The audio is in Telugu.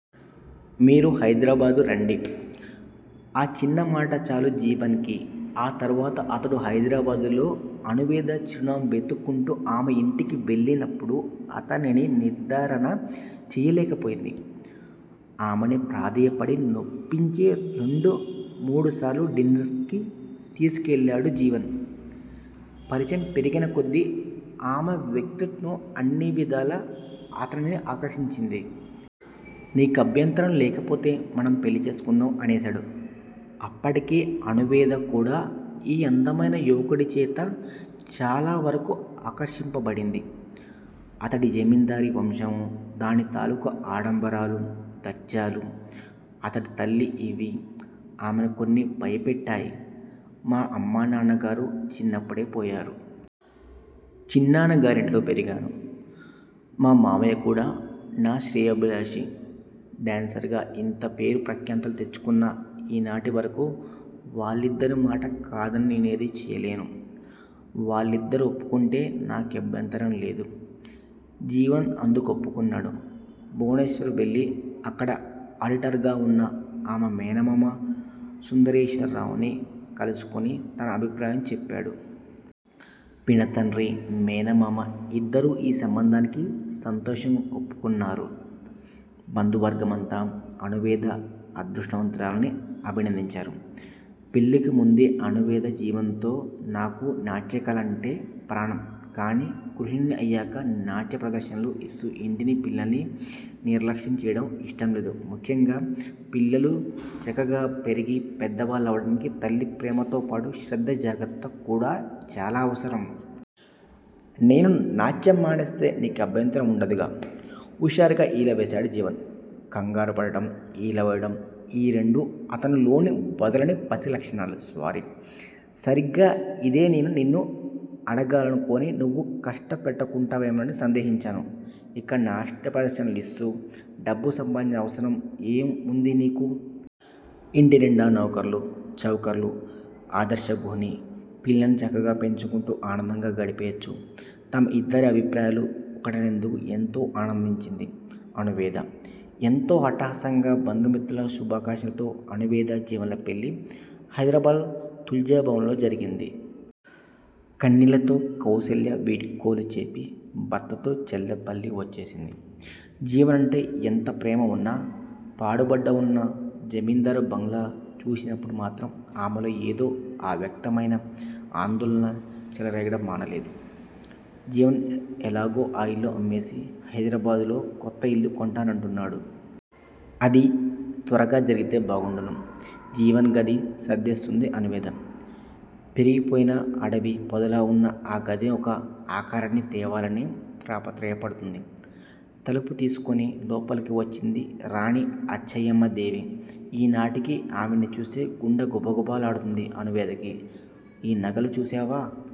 మీరు హైదరాబాద్ రండి. ఆ చిన్న మాట చాలు జీవన్ కి ఆ తరువాత అతడు హైదరాబాద్ లో అణువేద చిరునామా వెతుక్కుంటూ ఆమె ఇంటికి వెళ్ళినప్పుడు అతనిని నిర్ధారణ చేయలేకపోయింది. ఆమెని ప్రాధేయపడి వొప్పించే రెండు మూడుసార్లు డిన్నర్సుకి తీసుకెళ్ళాడు జీవన్. పరిచయం పెరిగిన కొద్ది ఆమె వ్యక్తిత్వం అన్నీ విధాలా అతనిని ఆకర్షించింది. నీకభ్యంతరం లేకపోతే మనం పెళ్ళి చేసుకుందాం! అనేశాడు. అప్పటికి అనువేద కూడా ఈ అందమైన యువకుడి చేత చాలా వరకు ఆకర్షింపబడింది. అతడి జమిందారీ వంశము దాని తాలూకు ఆడంబరాలు, దర్జాలు, అతడి తల్లి యివి ఆమెని కొంత భయపెట్టాయి. మా అమ్మా నాన్నగారు చిన్నప్పుడే పోయారు. చిన్నాన్న గారింట్లో పెరిగాను. మా మావయ్య కూడా నా శ్రేయోభిలాషి డాన్సురుగా యింత పేరు ప్రఖ్యాతులు తెచ్చుకున్నా ఈనాటి వరకు వాళ్ళిద్దరి మాట కాదని నేనేది చెయ్యలేను. వాళ్ళిద్దరూ వొప్పుకుంటే నాకభ్యంతరం లేదు. జీవన్ అందుకొప్పుకున్నాడు. భువనేశ్వర్ వెళ్ళి అక్కడ ఆడిటర్ గా వున్న ఆమె మేనమామ సుందరేశరరావుని కలుసుకుని తన అభిప్రాయం చెప్పాడు. పినతండ్రి మేనమామ ఇద్దరూ యీ సంబంధానికి సంతోషం వొప్పుకున్నారు. బంధువర్గమంతా అణువేద అదృష్టవంతురాలని అభినందించారు. పెళ్ళికి ముందే అణువేద జీవన్ తో నాకు నాట్యకళ అంటే ప్రాణం కానీ గృహిణిని అయ్యాక నాట్యప్రదర్శనలు యిస్తూ యింటిని పిల్లల్ని నిర్లక్ష్యం చెయ్యడం ఇష్టం లేదు. ముఖ్యంగా పిల్లలు చక్కగా పెరిగి పెద్దవాళ్ళవడానికి తల్లి ప్రేమతో పాటు శ్రద్ధ, జాగ్రత్త కూడా చాలా అవసరం. నేను నాట్యం మానేస్తే నీ కభ్యంతరం వుండదుగా! హుషారుగా ఈల వేశాడు జీవన్. కంగారు పడటం, ఈల వేయడం ఈ రెండు అతనిలోని వదలని పసి లక్షణాలు. సారీ! సరిగ్గా ఇదే నేను నిన్ను ఆదాగాలనుకుని నువు కష్టపెట్టుకుంటావేమోనని సందేహించాను ఇంకా నాట్య ప్రదర్శనలిస్తూ డబ్బు సంపాదించవలసిన అవసరం ఏం వుంది నీకు? ఇంటి నిండా నౌకర్లు, చాకర్లు. ఆదర్శ గృహిణి పిల్లల్ని చక్కగా పెంచుకుంటూ ఆనందగా గడిపెయొచ్చు. తమ ఇద్దరి అభిప్రాయాలు ఒకటై నందుకు ఏంతో ఆనందించింది అణువేద. ఎంతో అట్టహాసంగా బంధు మిత్రుల శుభాకంక్షలతో అణువేద జీవన్ ల పెళ్ళి హైదరాబాద్ తుల్జా భవన్ లో జరిగింది. కన్నీళ్ళతో కౌసల్యకు వీడ్కోలు చెప్పి భర్తతో చల్లపల్లి వచ్చేసింది. జీవన్ అంటే యెంత ప్రేమ వున్నా పాడుబడ్డ వున్న జమిందారీ బంగాళా చూసినప్పుడు మాత్రమే ఆమెలో ఏదో అవ్యక్తమైన ఆందోళన చెలరేగటం మానలేదు. జీవన్ యెలాగో ఆ యిల్లు అమ్మేసి హైదరాబాద్ లో కొత్త యిల్లు కొంటానంటున్నాడు. అది త్వరగా జరిగితే బాగుండును. జీవన్ గది సర్దిస్తోంది అణువేద. పెరిగిపోయిన అడవి పొదలా వున్న ఆ గది కొక ఆకారాన్ని తేవాలని తాపత్రయపడుతోంది. తలుపు తీసుకుని లోపలికి వచ్చింది రాణి అచ్చయ్యమ్మాదేవి ఈ నాటికి ఆవిణ్ణి చూస్తే గుండె గుబగుబ లాడుతుంది అణువేదకి. ఈ నగలు చూశావా?